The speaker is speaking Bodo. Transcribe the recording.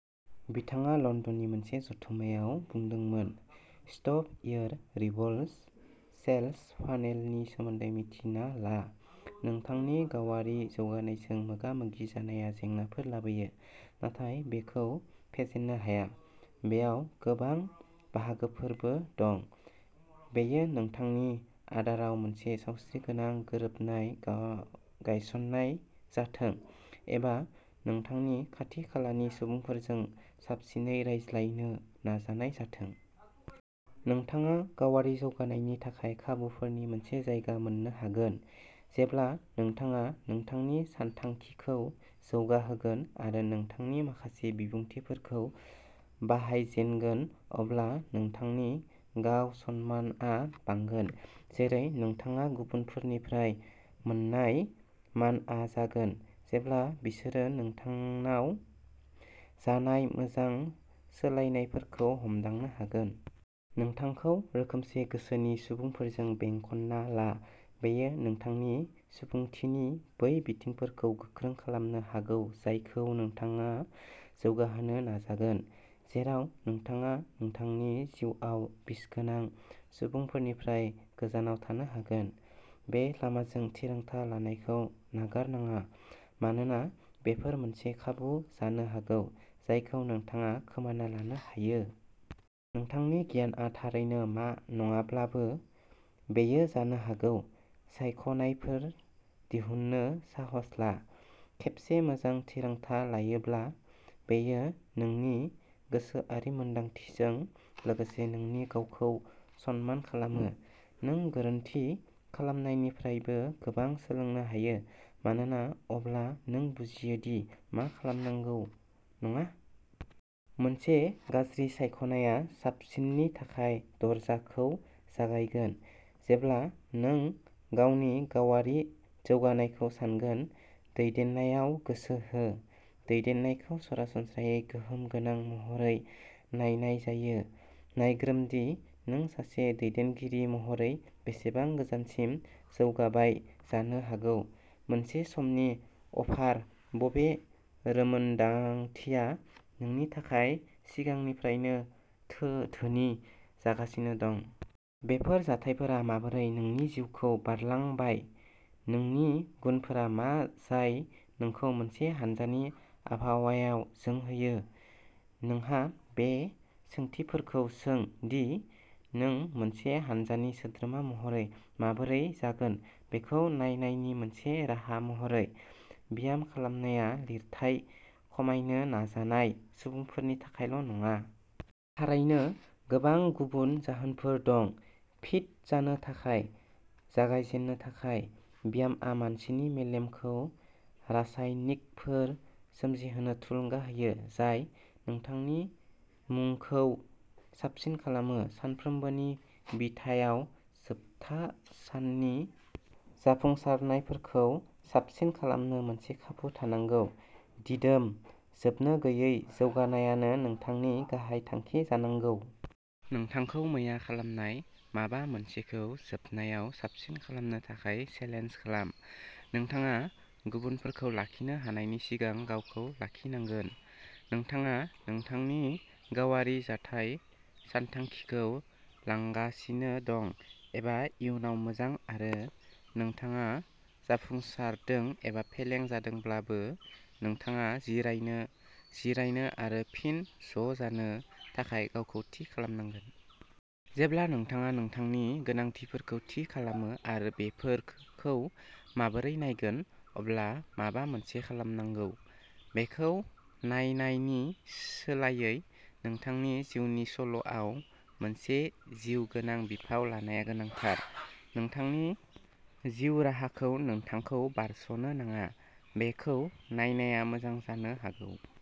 बिथाङा लन्दननि मोनसे जथुम्मायाव बुंदोंमोन। स्टफ योर रिभल्स सेल्स फानेलनि सोमोन्दै मिन्थिना ला। नोंथांनि गावारि जौगानायजों मोगा-मोगि जानाया जेंनाफोर लाबोयो, नाथाय बेखौ फेजेननो हाया। बेयाव गोबां बाहागोफोरबो दं। बेयो नोंथांनि आदाराव मोनसे सावस्रिगोनां गोरोबनाय गायसन्नाय जाथों, एबा नोंथांनि खाथि-खालानि सुबुंफोरजों साबसिनै रायज्लायनो नाजानाय जाथों। नोंथाङा गावारि जौगानायनि थाखाय खाबुफोरनि मोनसे जायगा मोन्नो हागोन। जेब्ला नोंथाङा नोंथांनि सानथांखिखौ जौगाहोगोन आरो नोंथांनि माखासे बिबुंथिफोरखौ बाहायजेनगोन, अब्ला नोंथांनि गाव-सनमानआ बांगोन, जेरै नोंथाङा गुबुनफोरनिफ्राय मोन्नाय मानआ जागोन, जेब्ला बिसोरो नोंथांनाव जानाय मोजां सोलायनायफोरखौ हमदांनो हागोन। नोंथांखौ रोखोमसे गोसोनि सुबुंफोरजों बेंखनना ला। बेयो नोंथांनि सुबुंथिनि बै बिथिंफोरखौ गोख्रों खालामनो हागौ जायखौ नोंथाङा जौगाहोनो नाजागोन, जेराव नोंथाङा नोंथांनि जिउआव बिसगोनां सुबुंफोरनिफ्राय गोजानाव थानो हागोन। बे लामाजों थिरांथा लानायखौ नागारनाङा, मानोना बेफोर मोनसे खाबु जानो हागौ जायखौ नोंथाङा खोमाना लानो हायो। नोंथांनि गियानआ थारैनो मा नङाब्लाबो। बेयो जानो हागौ, सायख'नायफोर दिहुननो साहस ला। खेबसे मोजां थिरांथा लायोब्ला, बेयो नोंनि गोसोआरि मोनदांथिजों लोगोसे नोंनि गावखौ सनमान खालामो। नों गोरोन्थि खालामनायनिफ्रायबो गोबां सोलोंनो हायो मानोना अब्ला नों बुजियो दि मा खालामनांगौ नङा। मोनसे गाज्रि सायख'नाया साबसिननि थाखाय दरजाखौ जागायगोन। जेब्ला नों गावनि गावारि जौगानायखौ सानगोन, दैदेननायाव गोसो हो। दैदेननायखौ सरासनस्रायै गोहोम गोनां महरै नायनाय जायो। नायग्रोम दि नों सासे दैदेनगिरि महरै बेसेबां गोजानसिम जौगाबाय जानो हागौ मोनसे समनि अफार बबे रोमोनदांथिया नोंनि थाखाय सिगांनिफ्रायनो धो धोनि जागासिनो दं? बेफोर जाथायफोरा माबोरै नोंनि जिउखौ बारलांबाय? नोंनि गुनफोरा मा जाय नोंखौ मोनसे हानजानि आबहावायाव जोंहोयो? नोंहा बे सोंथिफोरखौ सों दि नों मोनसे हानजानि सोद्रोमा महरै माबोरै जागोन बेखौ नायनायनि मोनसे राहा महरै। ब्याम खालामनाया लिरथाय खमायनो नाजानाय सुबुंफोरनि थाखायल' नङा। थारैनो, गोबां गुबुन जाहोनफोर दं। फिट जानो थाखाय। जागायजेननो थाखाय, ब्यामआ मानसिनि मेलेमखौ रासायनिकफोर सोमजिहोनो थुलुंगा होयो जाय नोंथांनि मुडखौ साबसिन खालामो। सानफ्रोमबोनि बिथायाव जोबथा साननि जाफुंसारनायफोरखौ साबसिन खालामनो मोनसे खाबु थानांगौ। दिदोम, जोबनो गैयै जौगानायानो नोंथांनि गाहाय थांखि जानांगौ। नोंथांखौ मैया खालामनाय माबा मोनसेखौ जोबनायाव साबसिन खालामनो थाखाय चेलेन्ज खालाम। नोंथाङा गुबुनफोरखौ लाखिनो हानायनि सिगां गावखौ लाखिनांगोन। नोंथाङा नोंथांनि गावारि जाथाय सानथांखिखौ लांगासिनो दं एबा इयुनाव मोजां आरो नोंथाङा जाफुंसारदों एबा फेलें जादोंब्लाबो, नोंथाङा जिरायनो, जिरायनो आरो फिन ज'जानो थाखाय गावखौ थि खालामनांगोन। जेब्ला नोंथाङा नोंथांनि गोनांथिफोरखौ थि खालामो आरो बेफोरखौ माबोरै नायगोन, अब्ला माबा मोनसे खालामनांगौ। बेखौ नायनायनि सोलायै, नोंथांनि जिउनि सल'आव मोनसे जिउगोनां बिफाव लानाया गोनांथार। नोंथांनि जिउ राहाखौ नोंथांखौ बारस'नो नाङा, बेखौ नायनाया मोजां जानो हागौ।